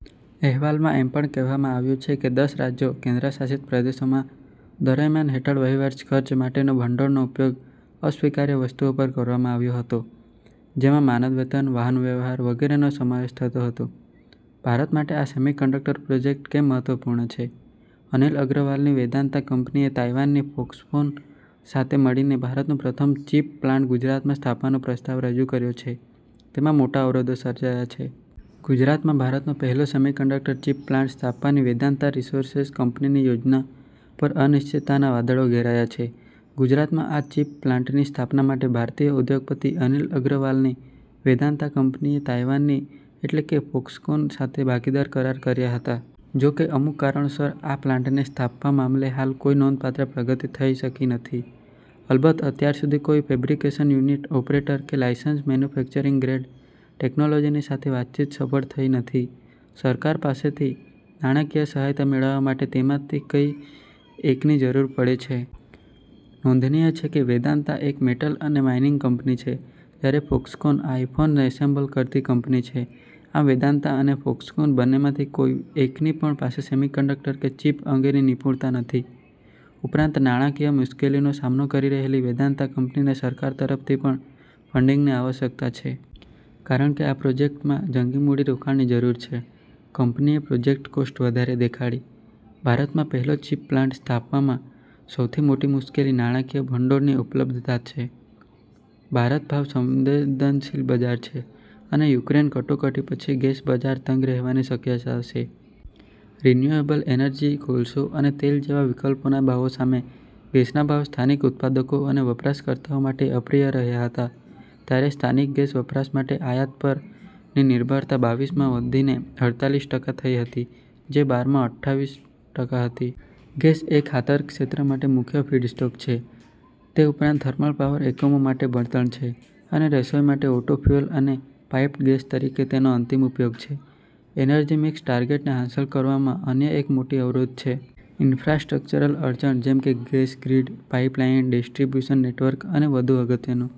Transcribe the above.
અહેવાલમાં એમ પણ કહેવામાં આવ્યું છે કે દસ રાજ્યો/ કેન્દ્રશાસિત પ્રદેશોમાં, દરમિયાન હેઠળ વહીવટી ખર્ચ માટેના ભંડોળનો ઉપયોગ "અસ્વીકાર્ય વસ્તુઓ" પર કરવામાં આવ્યો હતો. જેમાં માનદ વેતન, વાહનવ્યવહાર વગેરેનો સમાવેશ થતો હતો. ભારત માટે આ સેમીકન્ડક્ટર પ્રોજેક્ટ કેમ મહત્વપૂર્ણ છે: અનિલ અગ્રવાલની વેદાંતા કંપનીએ તાઇવાનની ફોક્સકોન સાથે મળીને ભારતનો પ્રથમ ચીપ પ્લાન્ટ ગુજરાતમાં સ્થાપવાનો પ્રસ્તાવ રજૂ કર્યો છે, તેમાં મોટા અવરોધો સર્જાયા છે. ગુજરાતમાં ભારતનો પહેલો સેમીકન્ડક્ટર ચીપ પ્લાન્ટ સ્થાપવાની વેદાંતા રિસોર્સેઝ કંપનીની યોજના પર અનિશ્ચિતતાના વાદળો ઘેરાયા છે. ગુજરાતમાં આ ચીપ પ્લાન્ટની સ્થાપના માટે ભારતીય ઉદ્યોગપતિ અનિલ અગ્રવાલની વેદાંતા કંપનીએ તાઇવાનની એટલે કે ફોક્સકોન સાથે ભાગીદાર કરાર કર્યા હતા. જો કે અમુક કારણોસર આ પ્લાન્ટને સ્થાપવા મામલે હાલ કોઇ નોંધપાત્ર પ્રગતિ થઇ શકી નથી. અલબત્ત અત્યાર સુધી કોઇ ફેબ્રિકેશન યુનિટ ઓપરેટર કે લાઇસન્સ મેન્યુફેક્ચરિંગ ગ્રેડ ટેકનોલોજીની સાથે વાતચીત સફળ થઇ નથી. સરકાર પાસેથી નાણાંકીય સહાયતા મેળવવા માટે તેમાંથી કોઇ એકની જરૂર પડે છે. નોંધનિય છે કે, વેદાંતા એક મેટલ અને માઇનિંગ કંપની છે જ્યારે ફોક્સકોન આઇફોન એસેમ્બલ કરતી કંપની છે. આમ વેદાંતા અને ફોક્સકોન બંનેમાંથી કોઇ એકની પણ પાસે સેમીકન્ડક્ટર કે ચીપ અંગેની નિપુણતા નથી. ઉપરાંત નાણાંકીય મુશ્કેલીનો સામનો કરી રહેલી વેદાંતા કંપનીને સરકાર તરફથી પણ ફંડિગની આવશ્યકતા છે. કારણ કે આ પ્રોજેક્ટમાં જંગી મૂડીરોકાણની જરૂર છે. કંપનીએ પ્રોજેક્ટ કોસ્ટ વધારે દેખાડી. ભારતમાં પહેલો ચીપ પ્લાન્ટ સ્થાપવામાં સૌથી મોટી મુશ્કેલી નાણાંકીય ભંડોળની ઉપલબ્ધતા છે. ભારત ભાવ સંવેદનશીલ બજાર છે અને યુક્રેન કટોકટી પછી ગેસ બજાર તંગ રહેવાની શક્યતા છે. રિન્યુએબલ એનર્જી, કોલસો અને તેલ જેવા વિકલ્પોના ભાવો સામે ગેસના ભાવ સ્થાનિક ઉત્પાદકો અને વપરાશકર્તાઓ માટે અપ્રિય રહ્યા હતા, ત્યારે સ્થાનિક ગેસ વપરાશ માટે આયાત પરની નિર્ભરતા બાવીસમાં વધીને અડતાલીસ ટકા થઈ હતી જે બાર માં અઠ્ઠાવીસ ટકા હતી. ગેસ એ ખાતર ક્ષેત્ર માટે મુખ્ય ફીડસ્ટોક છે, તે ઉપરાંત થર્મલ પાવર એકમો માટે બળતણ છે, અને રસોઈ માટે ઓટો ફ્યુઅલ અને પાઇપ્ડ ગેસ તરીકે તેનો અંતિમ ઉપયોગ છે. એનર્જી મિક્સ ટાર્ગેટને હાંસલ કરવામાં અન્ય એક મોટી અવરોધ છે. ઇન્ફ્રાસ્ટ્રક્ચરલ અડચણ જેમ કે gas grid, pipeline, distribution network અને વધુ અગત્યનું.